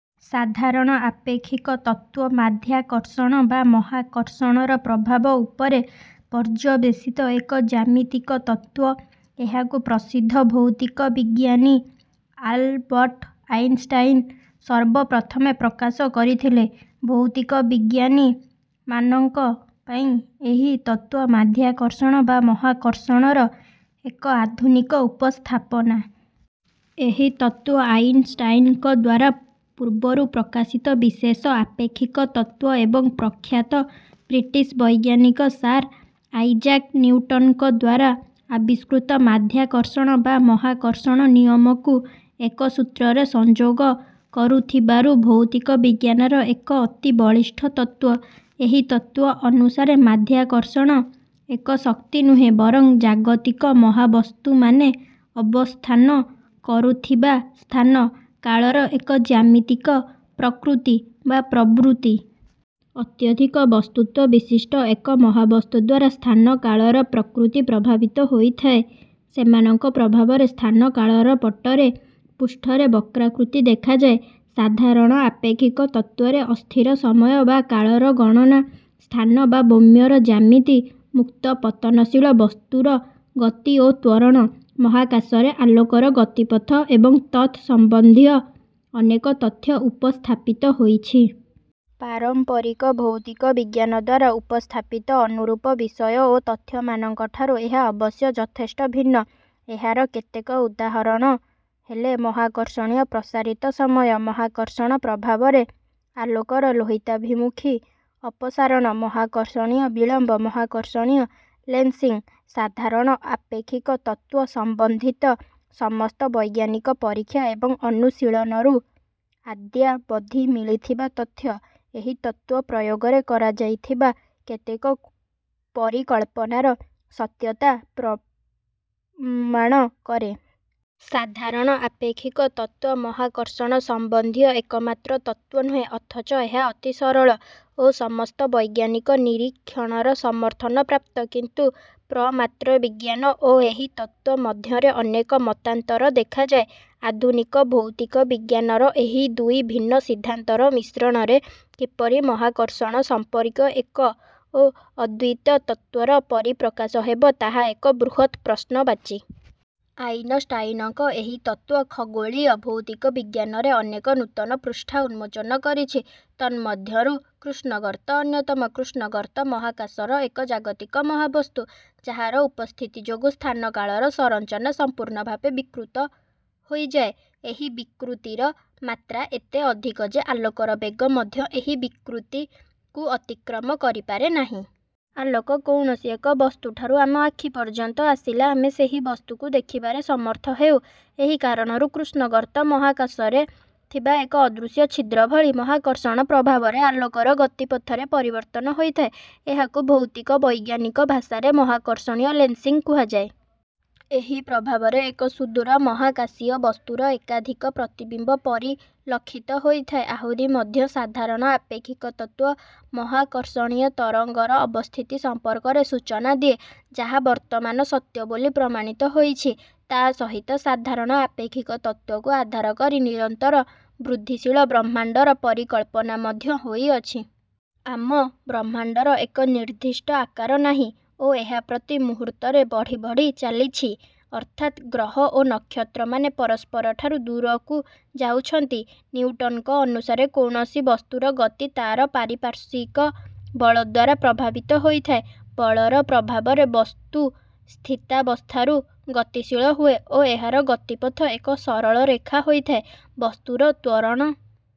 ସାଧାରଣ ଆପେକ୍ଷିକ ତତ୍ତ୍ୱ, ମାଧ୍ୟାକର୍ଷଣ ବା ମହାକର୍ଷଣର ପ୍ରଭାବ ଉପରେ ପର୍ଯ୍ୟବେଶିତ ଏକ ଜ୍ୟାମିତିକ ତତ୍ତ୍ୱ। ଏହାକୁ ପ୍ରସିଦ୍ଧ ଭୌତିକ ବିଜ୍ଞାନୀ ଆଲବର୍ଟ୍ ଆଇନଷ୍ଟାଇନ ସର୍ବ ପ୍ରଥମେ ପ୍ରକାଶ କରିଥିଲେ। ଭୌତିକ ବିଜ୍ଞାନୀମାନଙ୍କ ପାଇଁ ଏହି ତତ୍ତ୍ୱ ମାଧ୍ୟାକର୍ଷଣ ବା ମହାକର୍ଷଣର ଏକ ଆଧୁନିକ ଉପସ୍ଥାପନା। ଏହି ତତ୍ତ୍ୱ ଆଇନଷ୍ଟାଇନଙ୍କଦ୍ୱାରା ପୂର୍ବରୁ ପ୍ରକାଶିତ ବିଶେଷ ଆପେକ୍ଷିକ ତତ୍ତ୍ୱ ଏବଂ ପ୍ରଖ୍ୟାତ ବ୍ରିଟିଶ୍ ବୈଜ୍ଞାନିକ ସାର୍ ଆଇଜାକ୍ ନିଉଟନଙ୍କଦ୍ୱାରା ଆବିଷ୍କୃତ ମାଧ୍ୟାକର୍ଷଣ ବା ମହାକର୍ଷଣ ନିୟମକୁ ଏକସୂତ୍ରରେ ସଂଯୋଗ କରୁଥିବାରୁ ଭୌତିକ ବିଜ୍ଞାନର ଏକ ଅତି ବଳିଷ୍ଠ ତତ୍ତ୍ୱ। ଏହି ତତ୍ତ୍ୱ ଅନୁସାରେ ମାଧ୍ୟାକର୍ଷଣ ଏକ ଶକ୍ତି ନୁହେଁ, ବରଂ ଜାଗତିକ ମହାବସ୍ତୁମାନେ ଅବସ୍ଥାନ କରୁଥିବା ସ୍ଥାନ-କାଳର ଏକ ଜ୍ୟାମିତିକ ପ୍ରକୃତି ବା ପ୍ରବୃତ୍ତି। ଅତ୍ୟଧିକ ବସ୍ତୁତ୍ୱବିଶିଷ୍ଟ ଏକ ମହାବସ୍ତୁଦ୍ୱାରା ସ୍ଥାନ-କାଳର ପ୍ରକୃତି ପ୍ରଭାବିତ ହୋଇଥାଏ। ସେମାନଙ୍କ ପ୍ରଭାବରେ ସ୍ଥାନ-କାଳର ପଟ୍ଟରେ ପୂଷ୍ଠରେ ବକ୍ରାକୃତି ଦେଖାଯାଏ। ସାଧାରଣ ଆପେକ୍ଷିକ ତତ୍ତ୍ୱରେ ଅସ୍ଥିର ସମୟ ବା କାଳର ଗଣନା, ସ୍ଥାନ ବା ବ୍ୟୋମର ଜ୍ୟାମିତି, ମୁକ୍ତ ପତନଶୀଳ ବସ୍ତୁର ଗତି ଓ ତ୍ୱରଣ, ମହାକାଶରେ ଆଲୋକର ଗତିପଥ ଏବଂ ତତ୍ ସମ୍ବନ୍ଧୀୟ ଅନେକ ତଥ୍ୟ ଉପସ୍ଥାପିତ ହୋଇଛି। ପାରମ୍ପରିକ ଭୌତିକ ବିଜ୍ଞାନଦ୍ୱାରା ଉପସ୍ଥାପିତ ଅନୁରୂପ ବିଷୟ ଓ ତଥ୍ୟମାନଙ୍କ ଠାରୁ ଏହା ଅବଶ୍ୟ ଯଥେଷ୍ଟ ଭିନ୍ନ। ଏହାର କେତେକ ଉଦାହରଣ ହେଲେ ମହାକର୍ଷଣୀୟ ପ୍ରସାରିତ ସମୟ, ମହାକର୍ଷଣ ପ୍ରଭାବରେ ଆଲୋକର ଲୋହିତାଭିମୁଖୀ ଅପସାରଣ, ମହାକର୍ଷଣୀୟ ବିଳମ୍ବ, ମହାକର୍ଷଣୀୟ ଲେନ୍ସିଂ। ସାଧାରଣ ଆପେକ୍ଷିକ ତତ୍ତ୍ୱ ସମ୍ବନ୍ଧିତ ସମସ୍ତ ବୈଜ୍ଞାନିକ ପରୀକ୍ଷା ଏବଂ ଅନୁଶୀଳନରୁ ଅଦ୍ୟାବଧି ମିଳିଥିବା ତଥ୍ୟ, ଏହି ତତ୍ତ୍ୱ ପ୍ରୟୋଗରେ କରାଯାଇଥିବା କେତେକ ପରିକଳ୍ପନାର ସତ୍ୟତା ପ୍ରମାଣ କରେ। ସାଧାରଣ ଆପେକ୍ଷିକ ତତ୍ତ୍ୱ ମହାକର୍ଷଣ ସମ୍ବନ୍ଧୀୟ ଏକମାତ୍ର ତତ୍ତ୍ୱ ନୁହେଁ ଅଥଚ ଏହା ଅତି ସରଳ ଓ ସମସ୍ତ ବୈଜ୍ଞାନିକ ନିରୀକ୍ଷଣର ସମର୍ଥନପ୍ରାପ୍ତ। କିନ୍ତୁ ପ୍ରମାତ୍ର ବିଜ୍ଞାନ ଓ ଏହି ତତ୍ତ୍ୱ ମଧ୍ୟରେ ଅନେକ ମତାନ୍ତର ଦେଖାଯାଏ। ଆଧୁନିକ ଭୌତିକ ବିଜ୍ଞାନର ଏହି ଦୁଇ ଭିନ୍ନ ସିଦ୍ଧାନ୍ତର ମିଶ୍ରଣରେ କିପରି ମହାକର୍ଷଣ ସମ୍ପର୍କୀୟ ଏକ ଓ ଅଦ୍ୱୈତ ତତ୍ତ୍ୱର ପରିପ୍ରକାଶ ହେବ, ତାହା ଏକ ବୃହତ୍ ପ୍ରଶ୍ନବାଚୀ। ଆଇନଷ୍ଟାଇନଙ୍କ ଏହି ତତ୍ତ୍ୱ ଖଗୋଳୀୟ ଭୌତିକ ବିଜ୍ଞାନରେ ଅନେକ ନୂତନ ପୃଷ୍ଠା ଉନ୍ମୋଚନ କରିଛି। ତନ୍ମଧ୍ୟରୁ କୃଷ୍ଣଗର୍ତ୍ତ ଅନ୍ୟତମ। କୃଷ୍ଣଗର୍ତ୍ତ ମହାକାଶର ଏକ ଜାଗତିକ ମହାବସ୍ତୁ, ଯାହାର ଉପସ୍ଥିତି ଯୋଗୁଁ ସ୍ଥାନ-କାଳର ସଂରଚନା ସମ୍ପୂର୍ଣଭାବେ ବିକୃତ ହୋଇଯାଏ। ଏହି ବିକୃତିର ମାତ୍ରା ଏତେ ଅଧିକ ଯେ, ଆଲୋକର ବେଗ ମଧ୍ୟ ଏହି ବିକୃତି କୁ ଅତିକ୍ରମ କରିପାରେ ନାହିଁ। ଆଲୋକ କୌଣସି ଏକ ବସ୍ତୁଠାରୁ ଆମ ଆଖି ପର୍ଯ୍ୟନ୍ତ ଆସିଲେ ଆମେ ସେହି ବସ୍ତୁକୁ ଦେଖିବାରେ ସମର୍ଥ ହେଉ। ଏହି କାରଣରୁ କୃଷ୍ଣଗର୍ତ୍ତ ମହାକାଶରେ ଥିବା ଏକ ଅଦୃଶ୍ୟ ଛିଦ୍ର ଭଳି। ମହାକର୍ଷଣ ପ୍ରଭାବରେ ଆଲୋକର ଗତିପଥରେ ପରିବର୍ତ୍ତନ ହୋଇଥାଏ। ଏହାକୁ ଭୌତିକ ବୈଜ୍ଞାନିକ ଭାଷାରେ ମହାକର୍ଷଣୀୟ ଲେନ୍ସିଂ କୁହାଯାଏ। ଏହି ପ୍ରଭାବରେ ଏକ ସୁଦୂର ମହାକାଶୀୟ ବସ୍ତୁର ଏକାଧିକ ପ୍ରତିବିମ୍ବ ପରିଲକ୍ଷିତ ହୋଇଥାଏ। ଆହୁରି ମଧ୍ୟ, ସାଧାରଣ ଆପେକ୍ଷିକ ତତ୍ତ୍ୱ, ମହାକର୍ଷଣୀୟ ତରଙ୍ଗର ଅବସ୍ଥିତି ସମ୍ପର୍କରେ ସୂଚନା ଦିଏ ଯାହା ବର୍ତ୍ତମାନ ସତ୍ୟ ବୋଲି ପ୍ରମାଣିତ ହୋଇଛି। ତା' ସହିତ, ସାଧାରଣ ଆପେକ୍ଷିକ ତତ୍ତ୍ୱକୁ ଆଧାର କରି ନିରନ୍ତର ବୃଦ୍ଧିଶୀଳ ବ୍ରହ୍ମାଂଣ୍ଡର ପରିକଳ୍ପନା ମଧ୍ୟ ହୋଇଅଛି। ଆମ ବ୍ରହ୍ମାଣ୍ଡର ଏକ ନିର୍ଦ୍ଦିଷ୍ଟ ଆକାର ନାହିଁ ଓ ଏହା ପ୍ରତି ମୁହୂର୍ତ୍ତରେ ବଢି ବଢି ଚାଲିଛି। ଅର୍ଥାତ୍ ଗ୍ରହ ଓ ନକ୍ଷତ୍ର ମାନେ ପରସ୍ପରଠାରୁ ଦୂରକୁ ଯାଉଛନ୍ତି। ନିଉଟନଙ୍କ ଅନୁସାରେ କୌଣସି ବସ୍ତୁର ଗତି ତା'ର ପାରିପାର୍ଶ୍ୱିକ ବଳଦ୍ୱାରା ପ୍ରଭାବିତ ହୋଇଥାଏ। ବଳର ପ୍ରଭାବରେ ବସ୍ତୁ ସ୍ଥିତାବସ୍ଥାରୁ ଗତିଶୀଳ ହୁଏ ଓ ଏହାର ଗତିପଥ ଏକ ସରଳରେଖା ହୋଇଥାଏ। ବସ୍ତୁର ତ୍ୱରଣ